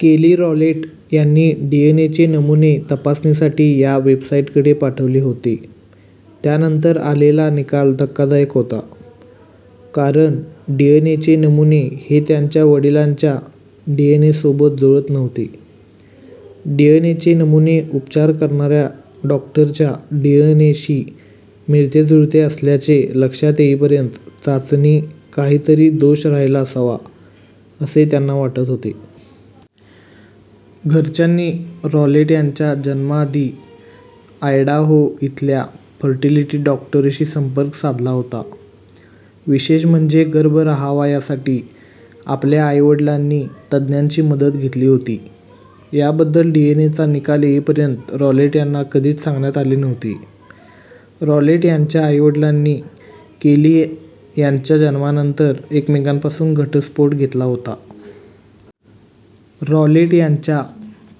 केली रॉलेट यांनी डीएनएचे नमुने तपासणीसाठी या वेबसाइटकडे पाठवले होते. त्यानंतर आलेला निकाल धक्कादायक होता. कारण डीएनएचे नमुने हे त्यांच्या वडिलांच्या डीएनएसोबत जुळत नव्हते. डीएनएचे नमुने उपचार करणाऱ्या डॉक्टरच्या डीएनएशी मिळतेजुळते असल्याचे लक्षात येईपर्यंत चाचणीत काहीतरी दोष राहिला असावा, असे त्यांना वाटत होते. घरच्यांनी रॉलेट यांच्या जन्माआधी आयडाहो इथल्या फर्टिलिटी डॉक्टरशी संपर्क साधला होता. विशेष म्हणजे गर्भ राहावा यासाठी आपल्या आई-वडिलांनी तज्ज्ञांची मदत घेतली होती याबद्दल डीएनएचा निकाल येईपर्यंत रॉलेट यांना कधीच सांगण्यात आले नव्हते. रॉलेट यांच्या आई-वडिलांनी केली यांच्या जन्मानंतर एकमेकांपासून घटस्फोट घेतला होता. रॉलेट यांच्या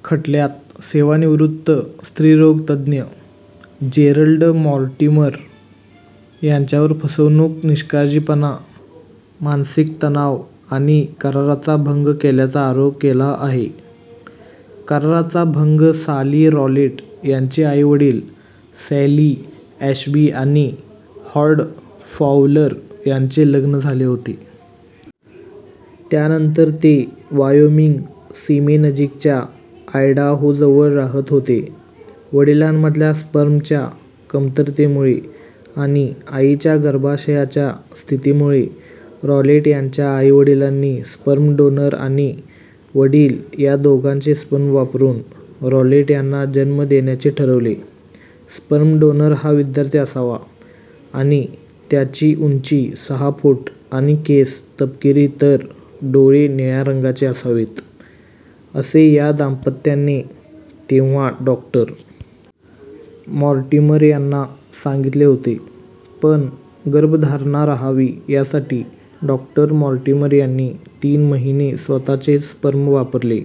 खटल्यात सेवानिवृत्त स्त्रीरोग तज्ज्ञ जेरल्ड मॉर्टिमर यांच्यावर फसवणूक, निष्काळजीपणा, मानसिक तणाव आणि कराराचा भंग केल्याचा आरोप केला आहे. कराराचा भंग साली रॉलेट यांचे आई-वडील सॅली ॲशबी आणि हॉर्ड फॉवलर यांचे लग्न झाले होते. त्यानंतर ते वायोमिंग सीमेनजीकच्या आयडाहोजवळ राहत होते. वडिलांमधल्या स्पर्मच्या कमतरतेमुळे आणि आईच्या गर्भाशयाच्या स्थितीमुळे रॉलेट यांच्या आई-वडिलांनी स्पर्म डोनर आणि वडील या दोघांचे स्पर्म वापरून रॉलेट यांना जन्म देण्याचे ठरवले. स्पर्म डोनर हा विद्यार्थी असावा आणि त्याची उंची सहा फूट आणि केस तपकिरी तर डोळे निळ्या रंगाचे असावेत, असे या दाम्पत्याने तेव्हा डॉ. मॉर्टिमर यांना सांगितले होते. पण गर्भधारणा राहावी यासाठी डॉ. मॉर्टिमर यांनी तीन महिने स्वतःचेच स्पर्म वापरले,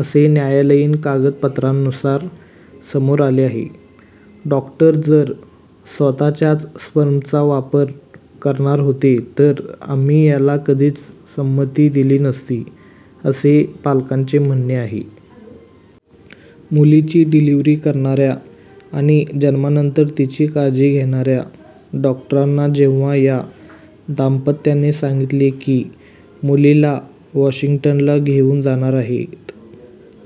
असे न्यायालयीन कागदपत्रांनुसार समोर आले आहे. डॉक्टर जर स्वतःच्याच स्पर्मचा वापर करणार होते तर आम्ही याला कधीच संमती दिली नसती, असे पालकांचे म्हणणे आहे. मुलीची डिलिव्हरी करणाऱ्या आणि जन्मानंतर तिची काळजी घेणाऱ्या डॉक्टरांना जेव्हा या दाम्पत्याने सांगितले की, मुलीला वॉशिंग्टनला घेऊन जाणार आहेत,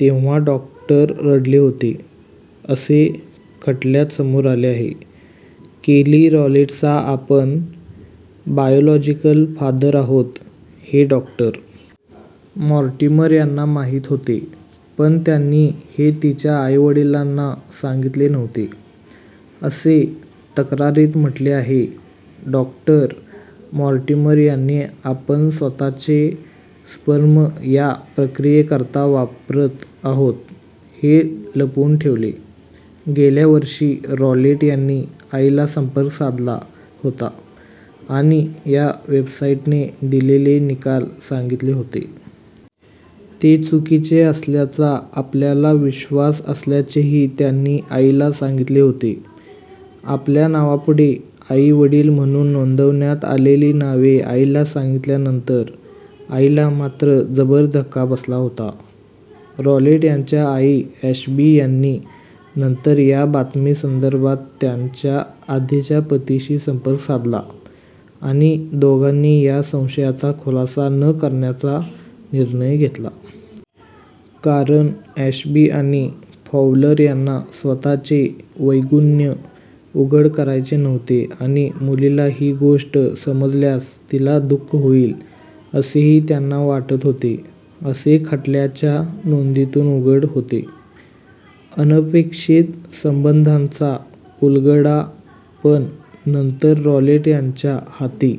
तेव्हा डॉक्टर रडले होते, असे खटल्यात समोर आले आहे. केली रॉलेटचा आपण बायोलॉजिकल फादर आहोत हे डॉ. मॉर्टिमर यांना माहिती होते, पण त्यांनी हे तिच्या आई-वडिलांना सांगितले नव्हते, असे तक्रारीत म्हटले आहे. डॉ. मॉर्टिमर यांनी आपण स्वतःचे स्पर्म या प्रक्रियेकरता वापरत आहोत, हे लपवून ठेवले. गेल्या वर्षी रॉलेट यांनी आईला संपर्क साधला होता आणि या वेबसाइटने दिलेले निकाल सांगितले होते. ते चुकीचे असल्याचा आपल्याला विश्वास असल्याचेही त्यांनी आईला सांगितले होते. आपल्या नावापुढे आई-वडील म्हणून नोंदवण्यात आलेली नावे आईला सांगितल्यानंतर आईला मात्र जबर धक्का बसला होता. रॉलेट यांच्या आई ॲशबी यांनी नंतर या बातमी संदर्भात त्यांच्या आधीच्या पतीशी संपर्क साधला आणि दोघांनी या संशयाचा खुलासा न करण्याचा निर्णय घेतला. कारण ॲशबी आणि फॉवलर यांना स्वतःचे वैगुण्य उघड करायचे नव्हते आणि मुलीला ही गोष्ट समजल्यास तिला दु:ख होईल, असेही त्यांना वाटत होते, असे खटल्याच्या नोंदीतून उघड होते. अनपेक्षित संबंधांचा उलगडा पण नंतर रॉलेट यांच्या हाती